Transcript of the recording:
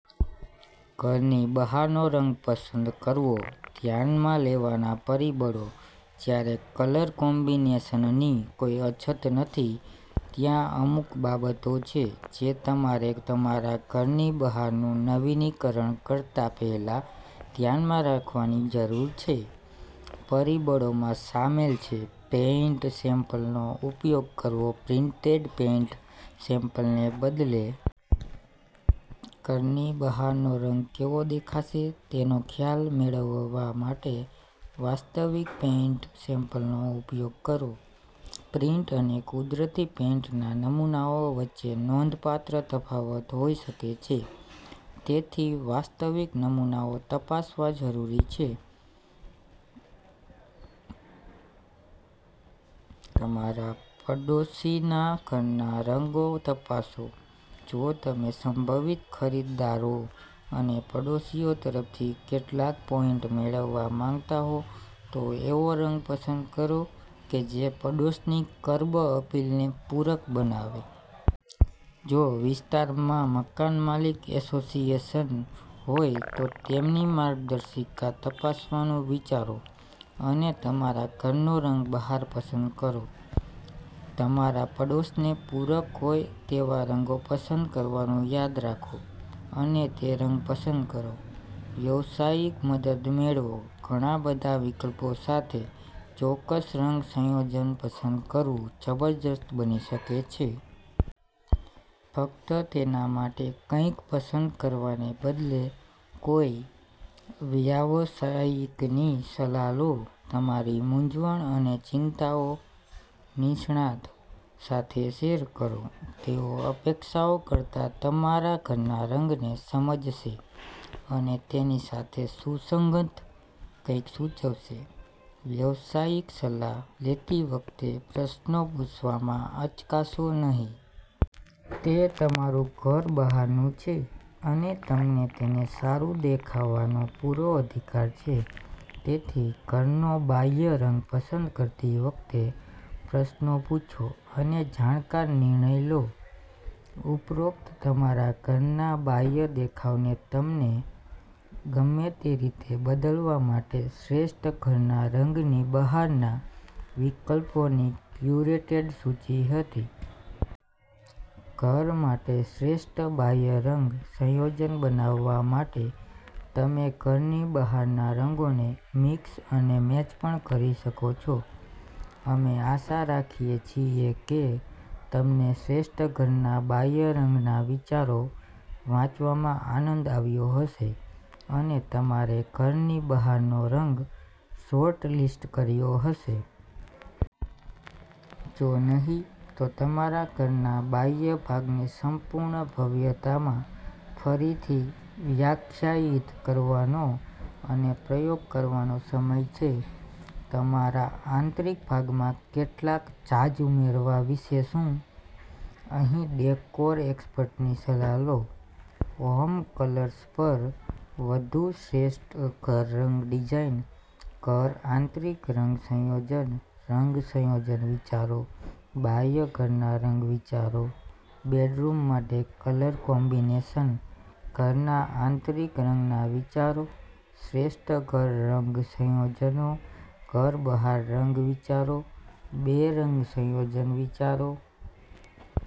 ઘરની બહારનો રંગ પસંદ કરવો ધ્યાનમાં લેવાના પરિબળો જ્યારે કલર કોમ્બિનેશનની કોઈ અછત નથી, ત્યાં અમુક બાબતો છે જે તમારે તમારા ઘરની બહારનું નવીનીકરણ કરતા પહેલા ધ્યાનમાં રાખવાની જરૂર છે. પરિબળોમાં શામેલ છે પેઇન્ટ સેમ્પલનો ઉપયોગ કરવો પ્રિન્ટેડ પેઇન્ટ સેમ્પલને બદલે. ઘરની બહારનો રંગ કેવો દેખાશે તેનો ખ્યાલ મેળવવા માટે વાસ્તવિક પેઇન્ટ સેમ્પલનો ઉપયોગ કરો. પ્રિન્ટ અને કુદરતી પેઇન્ટના નમૂનાઓ વચ્ચે નોંધપાત્ર તફાવત હોઈ શકે છે, તેથી વાસ્તવિક નમૂનાઓ તપાસવા જરૂરી છે. તમારા પડોશીના ઘરના રંગો તપાસો જો તમે સંભવિત ખરીદદારો અને પડોશીઓ તરફથી કેટલાક પોઈન્ટ મેળવવા માંગતા હો, તો એવો રંગ પસંદ કરો કે જે પડોશની કર્બ અપીલને પૂરક બનાવે. જો વિસ્તારમાં મકાનમાલિક એસોસિએશન હોય, તો તેમની માર્ગદર્શિકા તપાસવાનું વિચારો અને તમારા ઘરનો રંગ બહાર પસંદ કરો. તમારા પડોશને પૂરક હોય તેવા રંગો પસંદ કરવાનું યાદ રાખો અને તે રંગ પસંદ કરો. વ્યવસાયિક મદદ મેળવો ઘણા બધા વિકલ્પો સાથે, ચોક્કસ રંગ સંયોજન પસંદ કરવું જબરજસ્ત બની શકે છે. ફક્ત તેના માટે કંઈક પસંદ કરવાને બદલે કોઈ વ્યાવસાયિકની સલાહ લો. તમારી મૂંઝવણ અને ચિંતાઓ નિષ્ણાત સાથે શેર કરો. તેઓ અપેક્ષાઓ કરતાં તમારા ઘરના રંગને સમજશે અને તેની સાથે સુસંગત કંઈક સૂચવશે. વ્યવસાયિક સલાહ લેતી વખતે, પ્રશ્નો પૂછવામાં અચકાશો નહીં. તે તમારું ઘર બહારનું છે અને તમને તેને સારું દેખાવાનો પૂરો અધિકાર છે. તેથી, ઘરનો બાહ્ય રંગ પસંદ કરતી વખતે પ્રશ્નો પૂછો અને જાણકાર નિર્ણય લો. ઉપરોક્ત તમારા ઘરના બાહ્ય દેખાવને તમને ગમે તે રીતે બદલવા માટે શ્રેષ્ઠ ઘરના રંગની બહારના વિકલ્પોની ક્યુરેટેડ સૂચિ હતી. ઘર માટે શ્રેષ્ઠ બાહ્ય રંગ સંયોજન બનાવવા માટે તમે ઘરની બહારના રંગોને મિક્સ અને મેચ પણ કરી શકો છો. અમે આશા રાખીએ છીએ કે તમને શ્રેષ્ઠ ઘરના બાહ્ય રંગના વિચારો વાંચવામાં આનંદ આવ્યો હશે અને તમારે ઘરની બહારનો રંગ શોર્ટલિસ્ટ કર્યો હશે. જો નહિં, તો તમારા ઘરના બાહ્ય ભાગને સંપૂર્ણ ભવ્યતામાં ફરીથી વ્યાખ્યાયિત કરવાનો અને પ્રયોગ કરવાનો સમય છે. તમારા આંતરિક ભાગમાં કેટલાક જાઝ ઉમેરવા વિશે શું? અહીં ડેકોર એક્સપર્ટની સલાહ લો. હોમ કલર્સ પર વધુ શ્રેષ્ઠ ઘર રંગ ડિઝાઇન ઘર આંતરિક રંગ સંયોજન રંગ સંયોજન વિચારો, બાહ્ય ઘરના રંગ વિચારો, બેડરૂમ માટે કલર કોમ્બિનેશન ઘરના આંતરિક રંગના વિચારો, શ્રેષ્ઠ ઘર રંગ સંયોજનો ઘર બહાર રંગ વિચારો, બે રંગ સંયોજન વિચારો.